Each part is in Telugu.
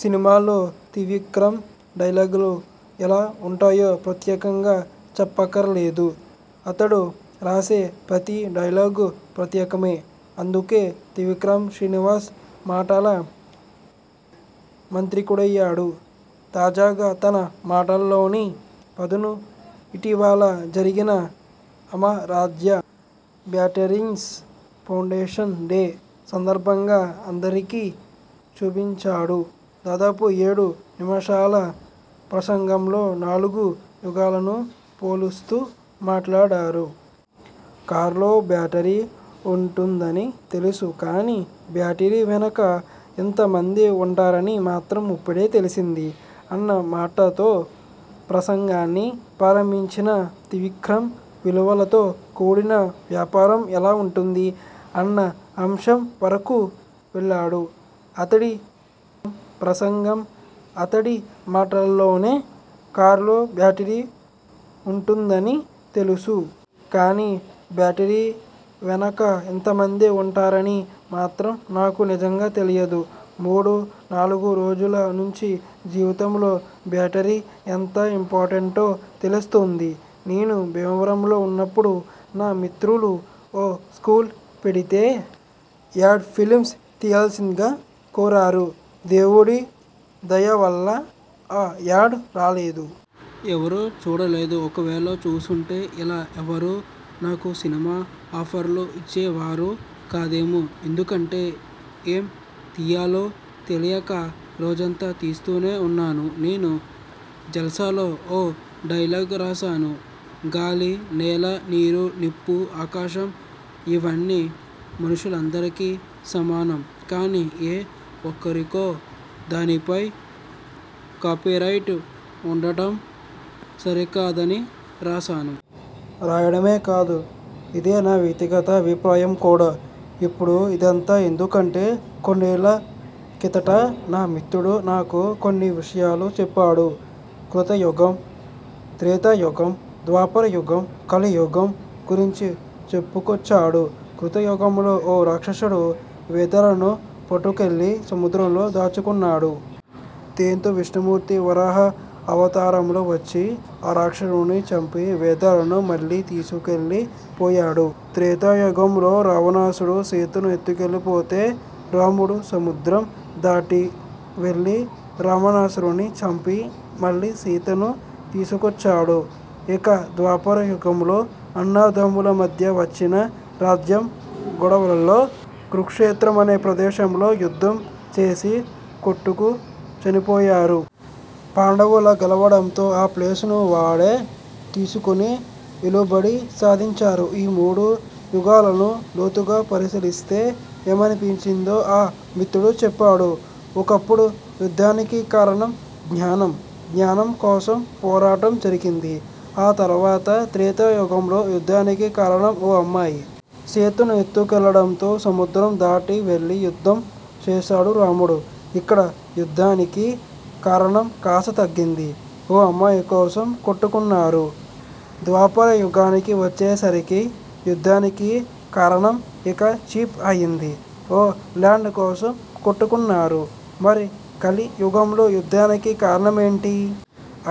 సినిమాల్లో త్రివిక్రమ్ డైలాగులు ఎలా ఉంటాయో ప్రత్యేకంగా చెప్పక్కర్లేదు. అతడు రాసే ప్రతి డైలాగూ ప్రత్యేకమే. అందుకే త్రివిక్రమ్ శ్రీనివాస్ మాటల మాంత్రికుడయ్యాడు. తాజాగా తన మాటల్లోని పదును ఇటీవల జరిగిన అమర్రాజా బ్యాటరీస్ ఫౌండేషన్ డే సందర్భంగా అందరికీ చూపించాడు. దాదాపు ఏడు నిముషాల ప్రసంగంలో నాలుగు యుగాలను పోలుస్తూ మాట్లాడాడు. 'కార్లో బ్యాటరీ ఉంటుందని తెలుసు కానీ, బ్యాటరీ వెనక ఇంత మంది ఉంటారని మాత్రం ఇప్పుడే తెలిసింది' అన్న మాటతో ప్రసంగాన్ని ప్రారంభించిన త్రివిక్రమ్.. విలువలతో కూడిన వ్యాపారం ఎలా ఉంటుంది? అన్న అంశం వరకు వెళ్లాడు. అతడి ప్రసంగం అతడి మాటల్లోనే. కార్లో బ్యాటరీ ఉంటుందని తెలుసు. కానీ, బ్యాటరీ వెనక ఇంతమంది ఉంటారని మాత్రం నాకు నిజంగా తెలియదు. మూడు, నాలుగు రోజుల నుంచి జీవితంలో బ్యాటరీ ఎంత ఇంపార్టెంటో తెలుస్తోంది. నేను భీమవరంలో ఉన్నప్పుడు నా మిత్రులు ఓ స్కూల్ పెడితే, యాడ్ ఫిల్మ్ తీయాల్సిందిగా కోరారు. దేవుడి దయ వల్ల ఆ యాడ్ రాలేదు. ఎవరూ చూడలేదు, ఒకవేళ చూసుంటే ఇలా ఎవరూ నాకు సినిమా ఆఫర్లు ఇచ్చే వారు కాదేమో. ఎందుకంటే, ఏం తీయాలో తెలియక రోజంతా తీస్తూనే ఉన్నాను. నేను జల్సాలో ఓ డైలాగ్ రాశాను. గాలి, నేల, నీరు, నిప్పు, ఆకాశం, ఇవన్నీ మనుషులందరికీ సమానం. కానీ, ఏ ఒక్కరికో దానిపై కాపీరైట్ ఉండడం సరికాదని రాశాను. రాయడమే కాదు, ఇదే నా వ్యక్తిగత అభిప్రాయం కూడా. ఇప్పుడు ఇదంతా ఎందుకంటే, కొన్నేళ కిందట నా మిత్రుడు నాకు కొన్ని విషయాలు చెప్పాడు. కృత యుగం, త్రేతా యుగం, ద్వాపర యుగం, కలియుగాల గురించి చెప్పుకొచ్చాడు. కృత యుగంలో ఓ రాక్షసుడు వేదాలను పట్టుకెళ్లి సముద్రంలో దాచుక్కున్నాడు. దీంతో విష్ణుమూర్తి వరాహ అవతారంలో వచ్చి, ఆ రాక్షసుడిని చంపి వేదాలను మళ్లీ తీసుకెళ్లి పోయాడు. త్రేతా యుగంలో రావణాసురుడు సీతను ఎత్తుకెళ్లి పోతే, రాముడు సముద్రం దాటి వెళ్లి రావణాసురుడిని చంపి మళ్లీ సీతను తీసుకొచ్చాడు. ఇక, ద్వాపర యుగంలో అన్నదమ్ముల మధ్య వచ్చిన రాజ్యం గొడవల్లో కురుక్షేత్రం అనే ప్రదేశంలో యుద్ధం చేసి కొట్టుకు చనిపోయారు. పాండవులు గెలవడంతో ఆ ప్లేస్ను వాళ్లే తీసుకుని ఏలుబడి సాగించారు. ఈ మూడు యుగాలను లోతుగా పరిశీలిస్తే ఏమనిపించిందో ఆ మిత్రుడు చెప్పాడు. ఒకప్పుడు యుద్ధానికి కారణం జ్ఞానం. జ్ఞానం కోసం పోరాటం జరిగింది. ఆ తర్వాత త్రేతా యుగంలో యుద్ధానికి కారణం ఓ అమ్మాయి. సీతను ఎత్తు కెళ్లడంతో సముద్రం దాటి వెళ్లి యుద్ధం చేశాడు రాముడు. ఇక్కడ యుద్ధానికి కారణం కాస్త తగ్గింది. ఓ అమ్మాయి కోసం కొట్టుకున్నారు. ద్వాపర యుగానికి వచ్చేసరికి యుద్ధానికి కారణం ఇంకా చీప్ అయింది. ఓ ల్యాండ్ కోసం కొట్టుకున్నారు. మరి కలి యుగంలో యుద్ధానికి కారణమేంటి?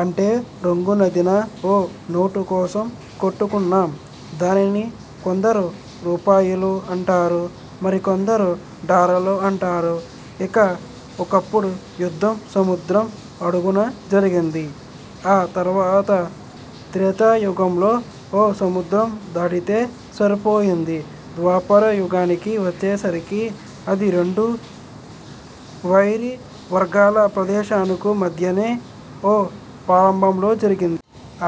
అంటే రంగునద్దిన ఓ నోటు కోసం కొట్టుకున్నాం. దానిని కొందరు రూపాయలు అంటారు. మరికొందరు డాలర్లు అంటారు. ఇక, ఒకప్పుడు యుద్ధం సముద్రం అడుగున జరిగింది. ఆ తర్వాత త్రేతా యుగంలో ఓ సముద్రం దాటితే సరిపోయింది. ద్వాపర యుగానికి వచ్చేసరికి, అది రెండు వైరి వర్గాల ప్రదేశాలకు మధ్యనే ఓ ప్రాంతంలో జరిగింది.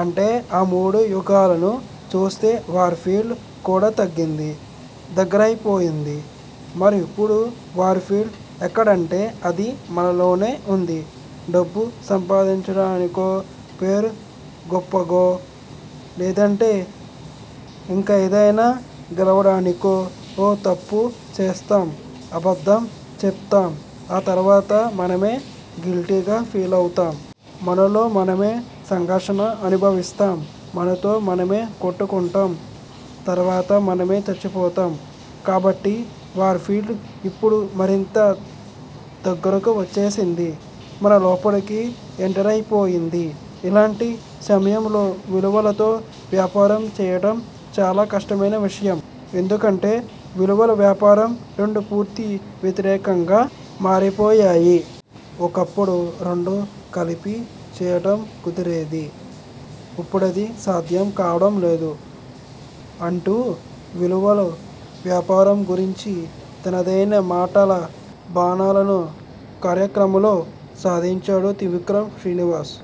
అంటే, ఆ మూడు యుగాలను చూస్తే వార్ ఫీల్డ్ కూడా తగ్గింది. దగ్గరైపోయంది. మరిప్పుడు వార్ ఫీల్డ్ ఎక్కడంటే, అది మనలోనే ఉంది. డబ్బు సంపాదించడానికో, పేరు గొప్పకో, లేదంటే ఇంకేదైనా గెలవడానికో ఓ తప్పు చేస్తాం. అబద్ధం చెప్తాం. ఆ తర్వాత మనమే గిల్టీగా ఫీలవుతాం. మనలో మనమే సంఘర్షణ అనుభవిస్తాం. మనతో మనమే కొట్టుకుంటాం. తర్వాత మనమే చచ్చిపోతాం. కాబట్టి వార్ ఫీల్డ్ ఇప్పుడు మరింత దగ్గరకు వచ్చేసింది. మన లోపలికి ఎంటరై పోయింది. ఇలాంటి సమయంలో విలువలతో వ్యాపారం చేయడం చాలా కష్టమైన విషయం. ఎందుకంటే విలవలు, వ్యాపారం రెండూ పూర్తి వ్యతిరేకంగా మారిపోయాయి. ఒకప్పుడు రెండూ కలిపి చేయడం కుదిరేది. ఇప్పుడది సాధ్యం కావడం లేదు అంటూ విలువలు, వ్యాపారం గురించి తనదైన మాటల బాణాలను కార్యక్రమంలో సంధించాడు త్రివిక్రమ్ శ్రీనివాస్.